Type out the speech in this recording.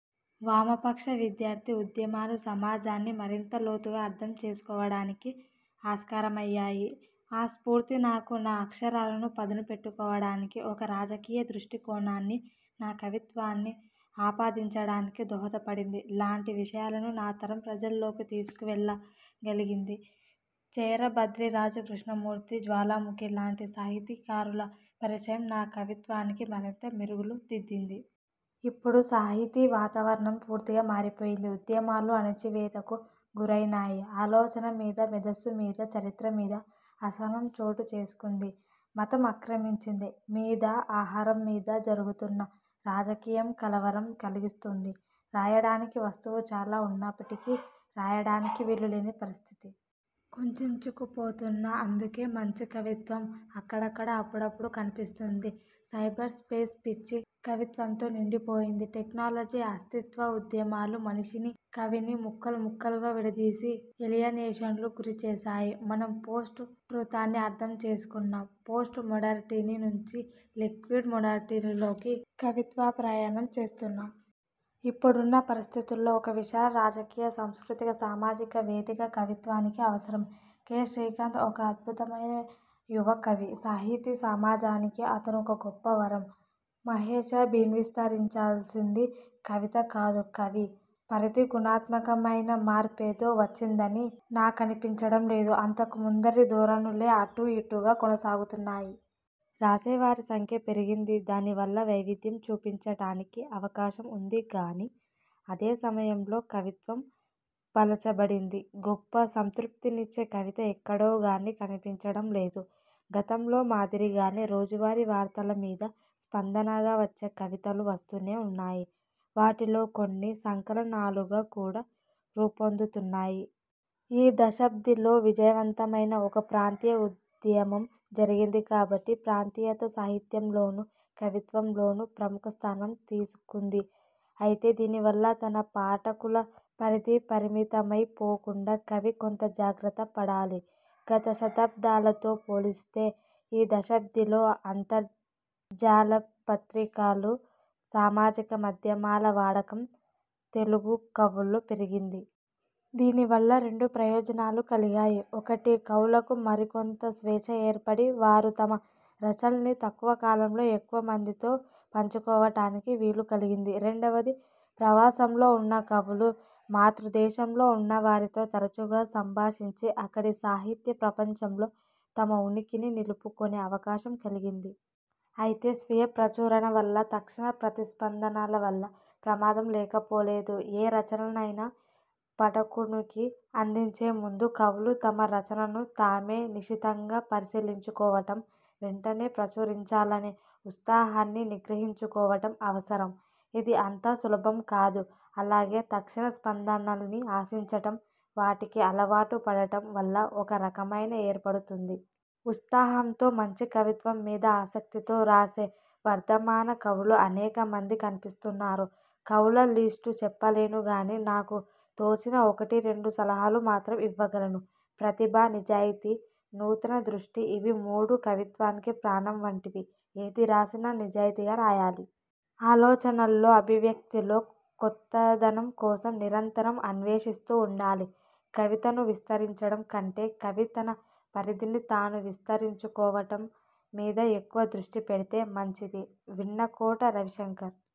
వామపక్ష విద్యార్థి ఉద్యమాలు సమాజాన్ని మరింత లోతుగా అర్థం చేసుకోవడానికి ఆస్కారమయ్యాయి. ఆ స్ఫూర్తి, నాకు నా అక్షరాలను పదునుపెట్టుకోవడానికీ, ఒక రాజకీయ దృష్టికోణాన్ని నా కవిత్వాన్ని ఆపాదించడానికీ దోహదపడింది లాంటి విషయాలను నా తరం ప్రజల్లోకి తీసుకువెళ్ళ గలిగింది. చేరా, భద్రిరాజు కృష్ణమూర్తి, జ్వాలాముఖి లాంటి సాహితీకారుల పరిచయం నా కవిత్వానికి మరింత మెరుగులు దిద్దింది. ఇప్పుడు సాహితీ వాతావరణం పూర్తిగా మారిపోయింది. ఉద్యమాలు అణచివేతకు గురైనాయి. ఆలోచన మీద, మేధస్సు మీద, చరిత్ర మీద అసహనం చోటు చేసుకుంది. మతం ఆక్రమించింది. మీద, ఆహారం మీద జరుగుతున్న రాజకీయం కలవరం కలిగిస్తుంది. రాయడానికి వస్తువు చాలా ఉన్నప్పటికీ, రాయడానికి వీలు లేని పరిస్థితి. కుంచించుకుపోతున్న అందుకే మంచి కవిత్వం అక్కడక్కడ అప్పుడప్పడు కనిపిస్తుంది. సైబర్ స్పేస్ పిచ్చి కవిత్వంతో నిండిపోయింది. టెక్నాలజీ, అస్తిత్వ ఉద్యమాలు మనిషినీ, కవినీ ముక్కలు ముక్కలుగా విడదీసి ఏలియనేషన్కు గురిచేసాయి. మనం పోస్ట్ ట్రూతని అర్థం చేసుకున్నాం. పోస్ట్ మోడర్నిటీ నుండి లిక్విడ్ మోడర్నిటీలోకి కవిత్వ ప్రయాణం చేస్తున్నాం. ఇప్పుడున్న పరిస్థితుల్లో ఒక విశాల రాజకీయ, సాంస్కృతిక, సామాజిక వేదిక కవిత్వానికి అవసరం. కె. శ్రీకాంత్ ఒక అద్భుతమైన యువ కవి. సాహితీ సమాజానికి అతను ఒక గొప్ప వరం. మహెజబీన్విస్తరించాల్సింది కవిత కాదు, కవి పరిధిగుణాత్మకమైన మార్పేదో వచ్చిందని నాకనిపించటం లేదు. అంతకు ముందరి ధోరణులే అటూ ఇటూగా కొనసాగుతున్నాయి. రాసేవారి సంఖ్య పెరిగింది. దానివల్ల వైవిధ్యం చూపించటానికి అవకాశం ఉంది గాని, అదే సమయంలో కవిత్వం పలచబడింది. గొప్ప సంతృప్తినిచ్చే కవిత ఎక్కడోగాని కనిపించటం లేదు. గతంలో మాదిరి గానే, రోజువారీ వార్తల మీద స్పందనగా వచ్చే కవితలు వస్తూనే ఉన్నాయి. వాటిలో కొన్ని సంకలనాలుగా కూడా రూపొందుతున్నాయి. ఈ దశాబ్దిలో విజయవంతమైన ఒక ప్రాంతీయ ఉద్యమం జరిగింది కాబట్టి, ప్రాంతీయత సాహిత్యంలోనూ, కవిత్వంలోనూ ప్రముఖ స్థానం తీసుకుంది. ఐతే, దీనివల్ల తన పాఠకుల పరిధి పరిమితమై పోకుండా కవి కొంత జాగ్రత్త పడాలి. గత దశాబ్దాలతో పోలిస్తే, ఈ దశాబ్దిలో అంతర్జాల పత్రికలు, సామాజిక మాధ్యమాల వాడకం తెలుగు కవుల్లో పెరిగింది. దీనివల్ల రెండు ప్రయోజనాలు కలిగాయి. ఒకటి కవులకు మరికొంత స్వేచ్ఛ ఏర్పడి, వారు తమ రచనల్ని తక్కువ కాలంలో ఎక్కువమందితో పంచుకోవటానికి వీలు కలిగింది. రెండవది, ప్రవాసంలో ఉన్న కవులు మాతృదేశంలో ఉన్నవారితో తరచుగా సంభాషించి అక్కడి సాహిత్య ప్రపంచంలో తమ ఉనికిని నిలుపుకొనే అవకాశం కలిగింది. ఐతే, స్వీయ ప్రచురణ వల్ల, తక్షణ ప్రతిస్పందనల వల్ల ప్రమాదం లేకపోలేదు. ఏ రచననైనా పాఠకునికి అందించే ముందు, కవులు తమ రచనను తామే నిశితంగా పరిశీలించుకోవటం, వెంటనే ప్రచురించాలనే ఉత్సాహాన్ని నిగ్రహించుకోవటం అవసరం. ఇది అంత సులభం కాదు. అలాగే, తక్షణ స్పందనల్ని ఆశించటం, వాటికి అలవాటు పడటం వల్ల ఒక రకమైన ఏర్పడుతుంది. ఉత్సాహంతో, మంచి కవిత్వం మీద ఆసక్తితో రాసే వర్దమాన కవులు అనేక మంది కనిపిస్తున్నారు. కవుల లిష్టు చెప్పలేనుగాని, నాకు తోచిన ఒకటి రెండు సలహాలు మాత్రం ఇవ్వగలను. ప్రతిభ, నిజాయితీ, నూతన దృష్టి ఇవి మూడూ కవిత్వానికి ప్రాణం వంటివి. ఏది రాసినా నిజాయితీగా రాయాలి. ఆలోచనలో, అభివ్యక్తిలో కొత్తదనం కోసం నిరంతరం అన్వేషిస్తూ ఉండాలి. కవితను విస్తరించటం కంటే, కవి తన పరిధిని తాను విస్తరించుకోవటం మీద ఎక్కువ దృష్టి పెడితే మంచిది. విన్నకోట రవిశంకర్